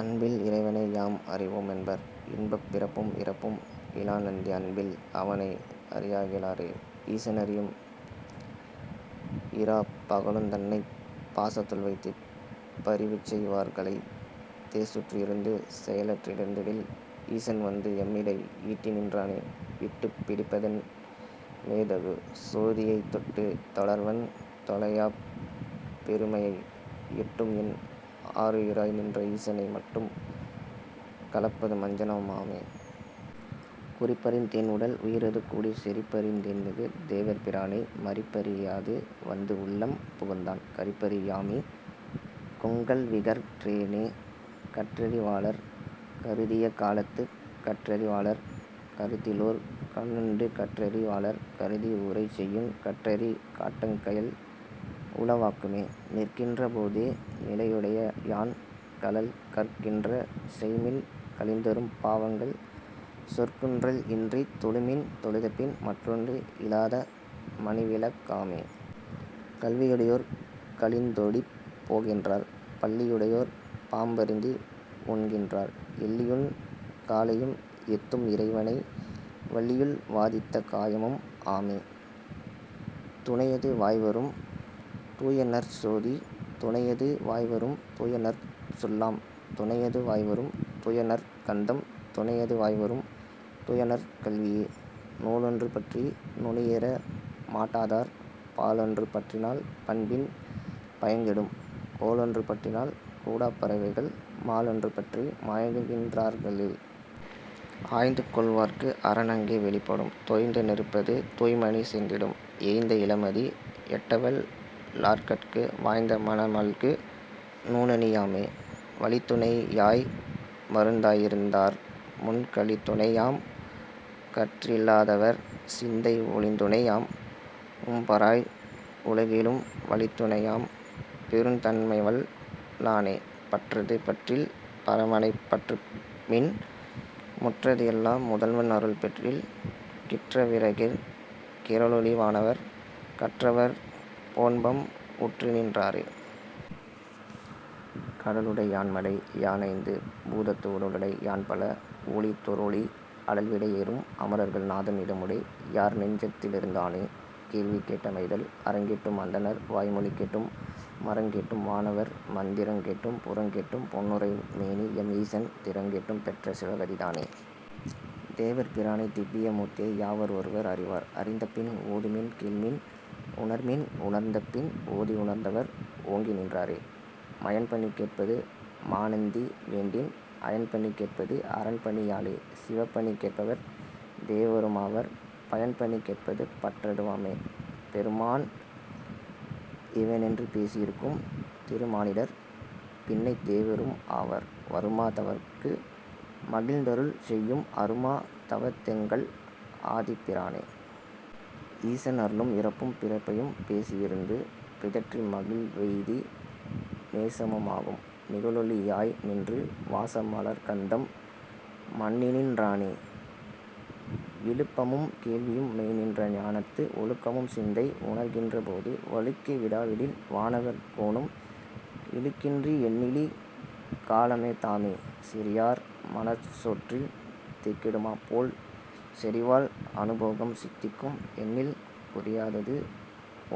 அன்பில் இறைவனை யாம்அறி வோம்என்பர் இன்பப் பிறப்பும் இறப்பும் இலான்நந்தி அன்பில் அவனை அறியகி லாரே. ஈசன் அறியும் இராப்பக லுந்தன்னைப் பாசத்துள் வைத்துப் பரிவுசெய் வார்களைத் தேசுற்று இருந்து செயலற் றிருந்திடில் ஈசன்வந்து எம்மிடை ஈட்டிநின் றானே. விட்டுப் பிடிப்பதென் மேதகு சோதியைத் தொட்டுத் தொடர்வன் தொலையாப் பெருமையை எட்டும் என் ஆருயி ராய்நின்ற ஈசனை மட்டுக் கலப்பது மஞ்சனம் ஆமே. குறிப்பறிந் தேன்உடல் உயிரது கூடிச் செறிப்பறிந் தேன்மிகு தேவர் பிரானை மறிப்பறி யாதுவந்துஉள்ளம் புகுந்தான் கறிப்பறி யாமிகுங் கல்விகற் றேனே. கற்றறி வாளர் கருதிய காலத்துக் கற்றறி வாளர் கருத்திலோர் கண்ணுண்டு கற்றறி வாளர் கருதி உரைசெய்யுங் கற்றறி காட்டக் கயல்உள வாக்குமே. நிற்கின்ற போதே நிலையுடை யான்கழல் கற்கின்ற செய்மின் கழிந்தறும் பாவங்கள் சொற்குன்றல் இன்றித் தொழுமின் தொழுதபின் மற்றொன்று இலாத மணிவிளக் காமே. கல்வி யுடையார் கழிந்தோடிப் போகின்றார் பல்லி யுடையார் பாம்பரிந்து உண்கின்றார் எல்லியுன் காலையும் ஏத்தும் இறைவனை வல்லியுள் வாதித்த காயமும் ஆமே. துணையது வாய்வரும் தூயநற் சோதி துணையது வாய்வரும் தூயநற் சொல்லாம் துணையது வாய்வரும் தூயநற் கந்தம் துணையது வாய்வரும் தூயநற் கல்வியே. நூலொன்று பற்றி நுனியேற மாட்டாதார் பாலொன்று பற்றினால் பண்பின் பயங்கெடும் கோலொன்று பற்றினால் கூடாப் பறவைகள் மாலொன்று பற்றி மயங்குகின் றார்க்களே. ஆய்ந்துகொள் வார்க்குஅரன் அங்கே வெளிப்படும் தோய்ந்த நெருப்பது தூய்மணி சிந்திடும் ஏய்ந்த இளமதி எட்டவல் லார்கட்கு வாய்ந்த மனமல்கு நூலேணி யாமே. வழித்துணை யாய்மருந் தாயிருந் தார்முன் கழித்துணை யாம்கற் றிலாதவர் சிந்தை ஒழித்துணை யாம்உம் பராய்உல கேழும் வழித்துணை யாம்பெருந் தன்மைவல் லானே. பற்றது பற்றில் பரமனைப் பற்றுமின் முற்றது எல்லா முதல்வன் அருள்பெறில் கிற்ற விரகிற் கிளரொளி வானவர் கற்றவர் போன்பம் உற்றுநின் றாரே. கடலுடை யான்மலை யான்ஐந்து பூதத்து உடலுடை யான்பல ஊழிதொ றூழி அடல்விடை யேறும் அமரர்கள் நாதன் இடமுடை யார்நெஞ்சத் தில்லிருந் தானே... கேள்வி கேட்டமைதல். அறங்கேட்டும் அந்தணர் வாய்மொழி கேட்டும் மறங்கேட்டும் வானவர் மந்திரங் கேட்டும் புறங்கேட்டும் பொன்னுரை மேனிஎம் ஈசன் திறங்கேட்டும் பெற்ற சிவகதி தானே. தேவர் பிரானைத் திவ்விய மூர்த்தியை யாவர் ஒருவர் அறிவார் அறிந்தபின் ஓதுமின் கேள்மின் உணர்மின் உணர்ந்தபின் ஓதி உணர்ந்தவர் ஓங்கி நின்றாரே. மயன்பணி கேட்பது மாநந்தி வேண்டின் அயன்பணி கேட்பது அரன்பணி யாலே சிவன்பணி கேட்பவர் தேவரும் ஆவர் பயன்பணி கேட்பது பற்றது வாமே. பெருமான் இவனென்று பேசி இருக்கும் திருமானிடர் பின்னைத் தேவரும் ஆவர் வருமா தவர்க்கு மகிழ்ந்தருள் செய்யும் அருமா தவத்தெங்கள் ஆதிப் பிரானே. ஈசன் அருளும் இறப்பும் பிறப்பையும் பேசி யிருந்து பிதற்றி மகிழ்வெய்தி நேசமு மாகும் நிகழொளி யாய்நின்று வாச மலர்க்கந்தம் மன்னிநின் றானே. விழுப்பமும் கேள்வியும் மெய்நின்ற ஞானத்து ஒழுக்கமும் சிந்தை உணர்கின்ற போது வழுக்கி விடாவிடில் வானவர் கோனும் இழுக்கின்றி எண்ணிலி காலம தாமே. சிறியார் மணற்சோற்றில் தேக்கிடு மாபோல் செறிவால் அனுபோகம் சித்திக்கும் என்னில் குறியாதது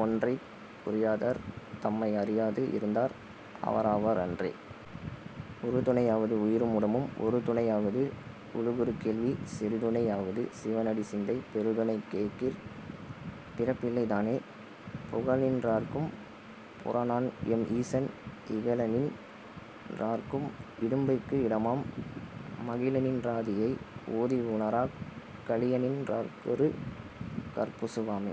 ஒன்றைக் குறியாதர் தம்மை அறியாது இருந்தார் அவராவார் அன்றே. உறுதுணை யாவது உயிரும் உடம்பும் உறுதுணை யாவது உலகுறு கேள்வி செறிதுணை யாவது சிவனடிச் சிந்தை பெறுதுணை கேட்கிற் பிறப்பில்லை தானே. புகழநின் றார்க்கும் புராணன்எம் ஈசன் இகழநின் றார்க்கும் இடும்பைக்கு இடமாம் மகிழநின் றாதியை ஓதி உணராக் கழியநின் றார்க்கொரு கற்பசு வாமே.